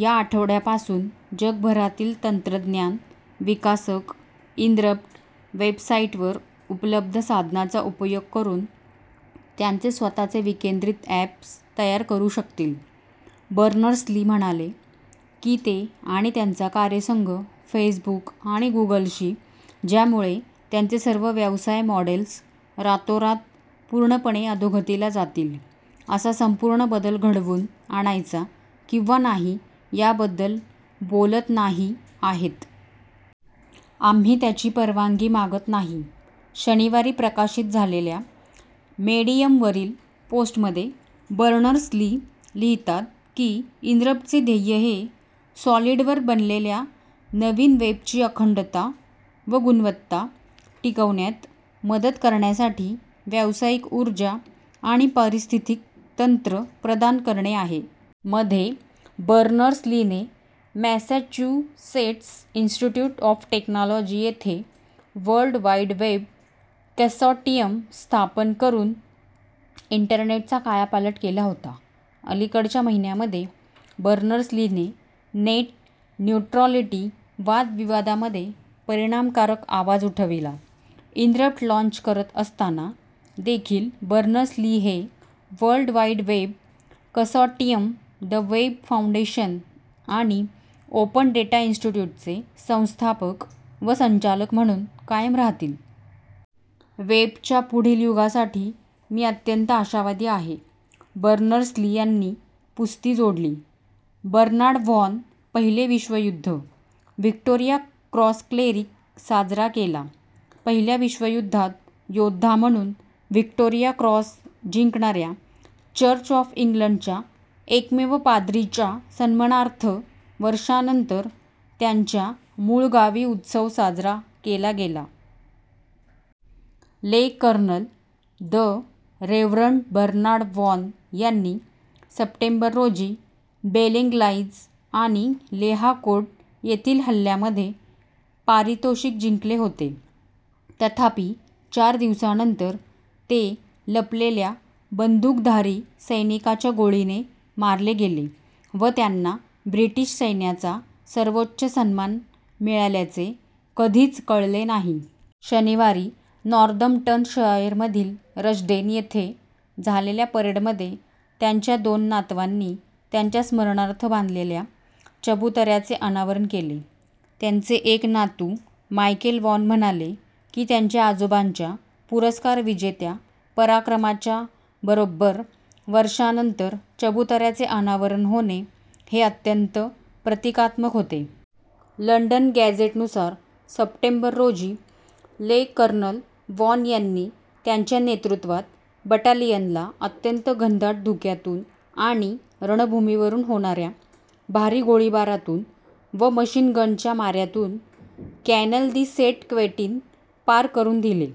या आठवड्यापासून जगभरातील तंत्रज्ञान विकासक इनरप्ट वेबसाइटवर उपलब्ध साधनांचा उपयोग करून त्यांचे स्वतःचे विकेंद्रित अॅप्स तयार करू शकतील. बर्नर्स-ली म्हणाले की ते आणि त्यांचा कार्यसंघ "फेसबुक आणि गुगलशी, ज्यामुळे त्यांचे सर्व व्यवसाय मॉडेल्स रातोरात पूर्णपणे अधोगतीला जातील असा संपूर्ण बदल घडवून आणायचा किंवा नाही याबद्दल बोलत नाही आहेत. "आम्ही त्यांची परवानगी मागत नाही. " शनिवारी प्रकाशित झालेल्या मेडियमवरील पोस्टमध्ये बर्नर्स-ली लिहितात की इनरप्टचे "ध्येय हे सॉलिडवर बनलेल्या नवीन वेबची अखंडता व गुणवत्ता टिकवण्यात मदत करण्यासाठी व्यावसायिक उर्जा आणि पारिस्थितिक तंत्र प्रदान करणे आहे. " मध्ये, बर्नर्स-लीने मॅसॅच्युसेट्स इंस्टिट्युट ऑफ टेक्नॉलॉजी येथे वर्ल्ड वाइड वेब कंसॉर्टिअम स्थापन करून इंटरनेटचा कायापालट केला होता. अलीकडच्या महिन्यांमध्ये, बर्नर्स-लीने नेट न्युट्रॅलिटी वादविवादामध्ये परिणामकारक आवाज उठविला. इनरप्ट लाँच करत असताना देखील, बर्नर्स-ली हे World Wide Web Consortium, the Web Foundation आणि ओपन डेटा इंस्टिट्युटचे संस्थापक व संचालक म्हणून कायम राहतील. "वेबच्या पुढील युगासाठी मी अत्यंत आशावादी आहे," बर्नर्स-ली यांनी पुस्ती जोडली. बर्नार्ड व्हॉन: पहिले विश्वयुद्ध व्हिक्टोरिया क्रॉस क्लेरिक साजरा केला पहिल्या विश्वयुद्धात योद्धा म्हणून व्हिक्टोरिया क्रॉस जिंकणाऱ्या चर्च ऑफ इंग्लंडच्या एकमेव पाद्रीच्या सन्मानार्थ वर्षांनंतर त्याच्या मूळगावी उत्सव साजरा केला गेला. ले. Colonel the Reverend Bernard Vaughan यांनी सप्टेंबर रोजी बेलेंग्लाइज आणि लेहाकोर्ट येथील हल्ल्यामध्ये पारितोषिक जिंकले होते. तथापि, चार दिवसांनंतर ते लपलेल्या बंधुकधारी सैनिकाच्या गोळीने मारले गेले व त्यांना ब्रिटिश सैन्याचा सर्वोच्च सन्मान मिळाल्याचे कधीच कळले नाही. शनिवारी नॉर्दम्प्टनशायरमधील रश्डेन येथे झालेल्या परेडमध्ये त्यांच्या दोन नातवांनी त्यांच्या स्मरणार्थ बांधलेल्या चबुतऱ्याचे अनावरण केले. त्यांचे एक नातू, मायकेल वॉन म्हणाले की त्यांच्या आजोबांच्या पुरस्कार-विजेत्या पराक्रमाच्या बरोब्बर वर्षांनंतर चबुतऱ्याचे अनावरण होणे हे "अत्यंत प्रतिकात्मक होते. लंडन गॅझेटनुसार सप्टेंबर रोजी ले. कर्नल वॉन यांनी त्यांच्या नेतृत्वात बटालियनला "अत्यंत घनदाट धुक्यातून आणि रणभूमीवरून होणाऱ्या भारी गोळीबारातून व मशीन गनच्या माऱ्यातून" कॅनल दी सेंट-क्वेंटिन पार करून दिले.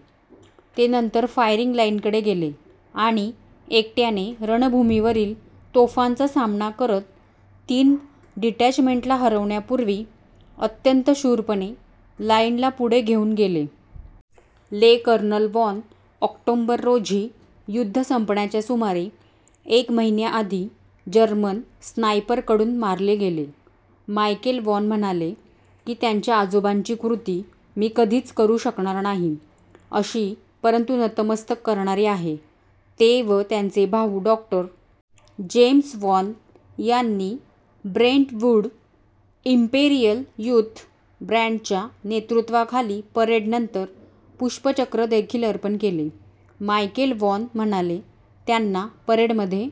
ते नंतर फायरिंग लाइनकडे गेले आणि एकट्याने रणभूमीवरील तोफांचा सामना करत तीन डिटॅचमेंटला हरवण्यापूर्वी "अत्यंत शूरपणे" लाइनला पुढे घेऊन गेले. ले. कर्नल वॉन ऑक्टोबर रोजी युद्ध संपण्याच्या सुमारे एक महिन्याआधी जर्मन स्नायपरकडून मारले गेले. मायकेल वॉन, म्हणाले की त्यांच्या आजोबांची कृती "मी कधीच करू शकणार नाही अशी परंतु नतमस्तक करणारी आहे. " ते व त्यांचे भाऊ डॉ. जेम्स वॉन यांनी ब्रेंटवूड इंपेरियल युथ बँडच्या नेतृत्वाखालील परेडनंतर पुष्पचक्र देखील अर्पण केले. मायकेल वॉन म्हणाले, त्यांना "परेडमध्ये